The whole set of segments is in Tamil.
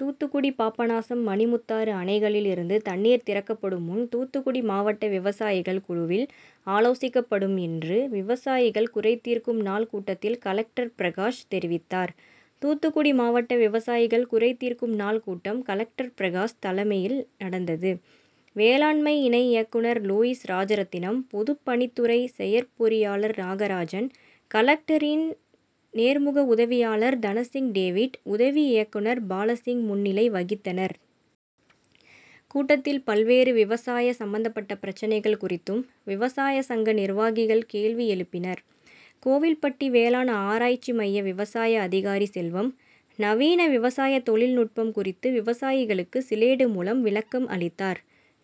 தூத்துக்குடி பாபநாசம், மணிமுத்தாறு அணைகளில் இருந்து தண்ணீர் திறக்கப்படும் முன் தூத்துக்குடி மாவட்ட விவசாயிகள் குழுவில் ஆலோசிக்கப்படும் என்று விவசாயிகள் குறைதீர்க்கும் நாள் கூட்டத்தில் கலெக்டர் பிரகாஷ் தெரிவித்தார். தூத்துக்குடி மாவட்ட விவசாயிகள் குறைதீர்க்கும் நாள் கூட்டம் கலெக்டர் பிரகாஷ் தலைமையில் நடந்தது. வேளாண்மை இணை இயக்குநர் லூயிஸ் ராஜரத்தினம், பொதுப்பணித்துறை செயற்பொறியாளர் நாகராஜன், கலெக்டரின் நேர்முக உதவியாளர் தனசிங் டேவிட், உதவி இயக்குநர் பாலசிங் முன்னிலை வகித்தனர். கூட்டத்தில் பல்வேறு விவசாய சம்பந்தப்பட்ட பிரச்னைகள் குறித்தும் விவசாய சங்க நிர்வாகிகள் கேள்வி எழுப்பினர். கோவில்பட்டி வேளாண் ஆராய்ச்சி மைய விவசாய அதிகாரி செல்வம் நவீன விவசாய தொழில் நுட்பம் குறித்து விவசாயிகளுக்கு சிலேடு மூலம் விளக்கம் அளித்தார்.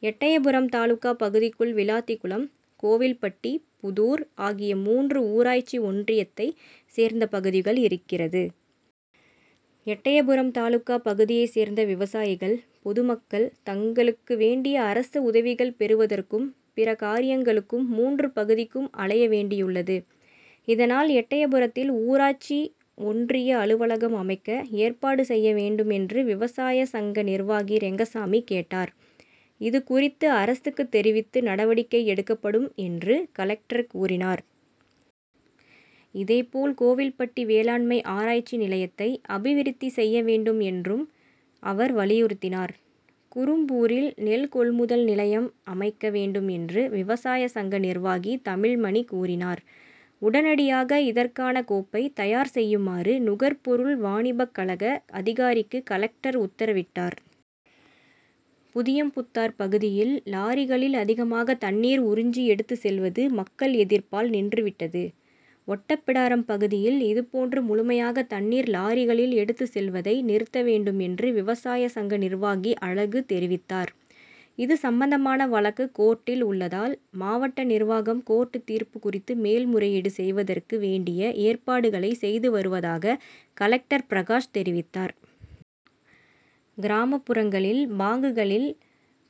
எட்டயபுரம் தாலுகா பகுதிக்குள் விளாத்திகுளம், கோவில்பட்டி, புதூர் ஆகிய மூன்று ஊராட்சி ஒன்றியத்தை சேர்ந்த பகுதிகள் இருக்கிறது. எட்டயபுரம் தாலுகா பகுதியை சேர்ந்த விவசாயிகள், பொதுமக்கள் தங்களுக்கு வேண்டிய அரசு உதவிகள் பெறுவதற்கும், பிற காரியங்களுக்கும் மூன்று பகுதிக்கும் அலைய வேண்டியுள்ளது. இதனால் எட்டயபுரத்தில் ஊராட்சி ஒன்றிய அலுவலகம் அமைக்க ஏற்பாடு செய்ய வேண்டும் என்று விவசாய சங்க நிர்வாகி ரெங்கசாமி கேட்டார். இது குறித்து அரசுக்கு தெரிவித்து நடவடிக்கை எடுக்கப்படும் என்று கலெக்டர் கூறினார். இதே போல் கோவில்பட்டி வேளாண்மை ஆரா ய்ச்சி நிலையத்தை அபிவிருத்தி செய்ய வேண்டும் என்றும் அவர் வலியுறுத்தினார். குரும்பூரில் நெல் கொள்முதல் நிலையம் அமைக்க வேண்டும் என்று விவசாய சங்க நிர்வாகி தமிழ்மணி கூறினார். உடனடியாக இதற்கான கோப் பை தயார் செய்யுமாறு நுகர்பொருள் வாணிபக்கழக அதிகாரிக்கு கலெக்டர் உத்தரவிட்டார். புதியம்புத்தார் பகுதியில் லாரிகளில் அதிகமாக தண்ணீர் உறிஞ்சு எடுத்து செல்வது மக்கள் எதிர்ப்பால் நின்று விட்டது. ஓட்டப்பிடாரம் பகுதியில் இதுபோன்று முழுமையாக தண்ணீர் லாரிகளில் எடுத்து செல்வதை நிறுத்த வேண்டும் என்று விவசாய சங்க நிர்வாகி அழகு தெரிவித்தார். இது சம்பந்தமான வழக்கு கோர்ட்டில் உள்ளதால், மாவட்ட நிர்வாகம் கோர்ட் தீர்ப்பு குறித்து மேல் முறையீடு செய்வதற்கு வேண்டிய ஏற்பாடுகளை செய்து வருவதாக கலெக்டர் பிரகாஷ் தெரிவித்தார். கிராமப்புறங்களில் பாங்குகளில்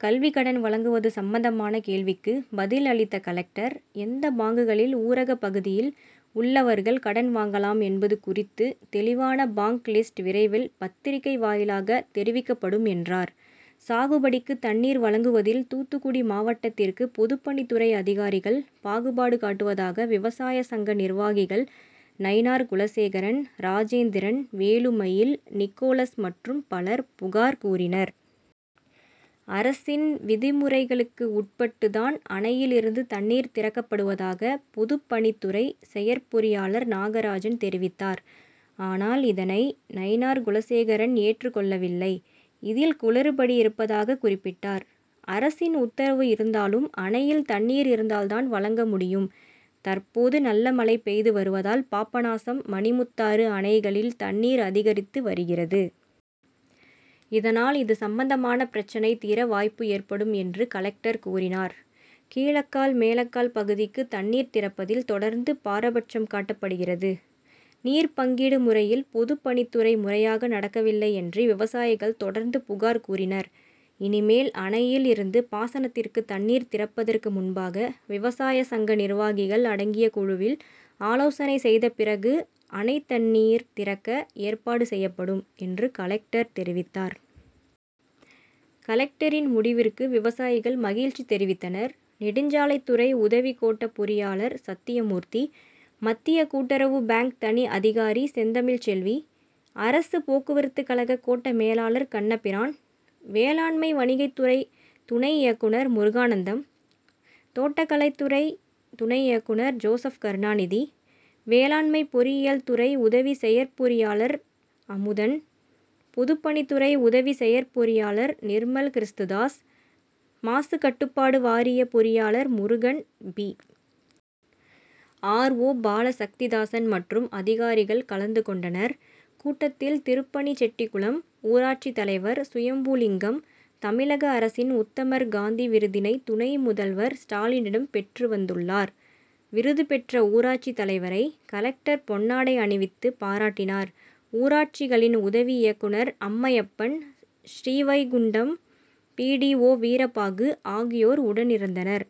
கல்வி கடன் வழங்குவது சம்பந்தமான கேள்விக்கு பதில் அளித்த கலெக்டர் எந்த பாங்குகளில் ஊரக பகுதியில் உள்ளவர்கள் கடன் வாங்கலாம் என்பது குறித்து தெளிவான பாங்க் லிஸ்ட் விரைவில் பத்திரிக்கை வாயிலாக தெரிவிக்கப்படும் என்றார். சாகுபடிக்கு தண்ணீர் வழங்குவதில் தூத்துக்குடி மாவட்டத்திற்கு பொதுப்பணித்துறை அதிகாரிகள் பாகுபாடு காட்டுவதாக விவசாய சங்க நிர்வாகிகள் நயினார்குலசேகரன், ராஜேந்திரன், வேலுமயில், நிக்கோலஸ் மற்றும் பலர் புகார் கூறினர். அரசின் விதிமுறைகளுக்கு உட்பட்டு தான் அணையில் இருந்து தண்ணீர் திறக்கப்படுவதாக பொதுப்பணித்துறை செயற்பொறியாளர் நாகராஜன் தெரிவித்தார். ஆனால் இதனை நயினார்குலசேகரன் ஏற்றுக் கொள்ளவில்லை. இதில் குளறுபடி இருப்பதாக குறிப்பிட்டார். அரசின் உத்தரவு இருந்தாலும் அணையில் தண்ணீர் இருந்தால் தான் வழங்க முடியும். தற்போது நல்ல மழை பெய்து வருவதால் பாபநாசம், மணிமுத்தாறு அணைகளில் தண்ணீர் அதிகரித்து வருகிறது. இதனால் இது சம்பந்தமான பிரச்னை தீர வாய்ப்பு ஏற்படும் என்று கலெக்டர் கூறினார். கீழக்கால், மேலக்கால் பகுதிக்கு தண்ணீர் திறப்பதில் தொடர்ந்து பாரபட்சம் காட்டப்படுகிறது. நீர் பங்கீடு முறையில் பொதுப்பணித்துறை முறையாக நடக்கவில்லை என்று விவசாயிகள் தொடர்ந்து புகார் கூறினர். இனிமேல் அணையில் இருந்து பாசனத்திற்கு தண்ணீர் திறப்பதற்கு முன்பாக விவசாய சங்க நிர்வாகிகள் அடங்கிய குழுவில் ஆலோசனை செய்த பிறகு அணைத் தண்ணீர் திறக்க ஏற்பாடு செய்யப்படும் என்று கலெக்டர் தெரிவித்தார். கலெக்டரின் முடிவிற்கு விவசாயிகள் மகிழ்ச்சி தெரிவித்தனர். நெடுஞ்சாலைத்துறை உதவி கோட்ட பொறியாளர் சத்தியமூர்த்தி, மத்திய கூட்டுறவு பாங்க் தனி அதிகாரி செந்தமிழ்செல்வி, அரசு போக்குவரத்துகழக கோட்ட மேலாளர் கண்ணபிரான், வேளாண்மை வணிகத்துறை துணை இயக்குநர் முருகானந்தம், தோட்டக்கலைத்துறை துணை இயக்குநர் ஜோசப்கருணாநிதி, வேளாண்மை பொறியியல் துறை உதவி செயற்பொறியாளர் அமுதன், பொதுப்பணித்துறை உதவி செயற்பொறியாளர் நிர்மல்கிறிஸ்துதாஸ், மாசுகட்டுப்பாடு வாரிய பொறியாளர் Murugan, P. R. O Balasakthidasan மற்றும் அதிகாரிகள் கலந்து கொண்டனர். கூட்டத்தில் திருப்பணிச்செட்டிகுளம் ஊராட்சி தலைவர் சுயம்புலிங்கம் தமிழக அரசின் உத்தமர் காந்தி விருதினை துணை முதல்வர் ஸ்டாலினிடம் பெற்று வந்துள்ளார். விருது பெற்ற ஊராட்சி தலைவரை கலெக்டர் பொன்னாடை அணிவித்து பாராட்டினார். ஊராட்சிகளின் உதவி இயக்குநர் Ammaiyappan, Srivaikuntam B. D. O Veerabahu ஆகியோர் உடனிருந்தனர்.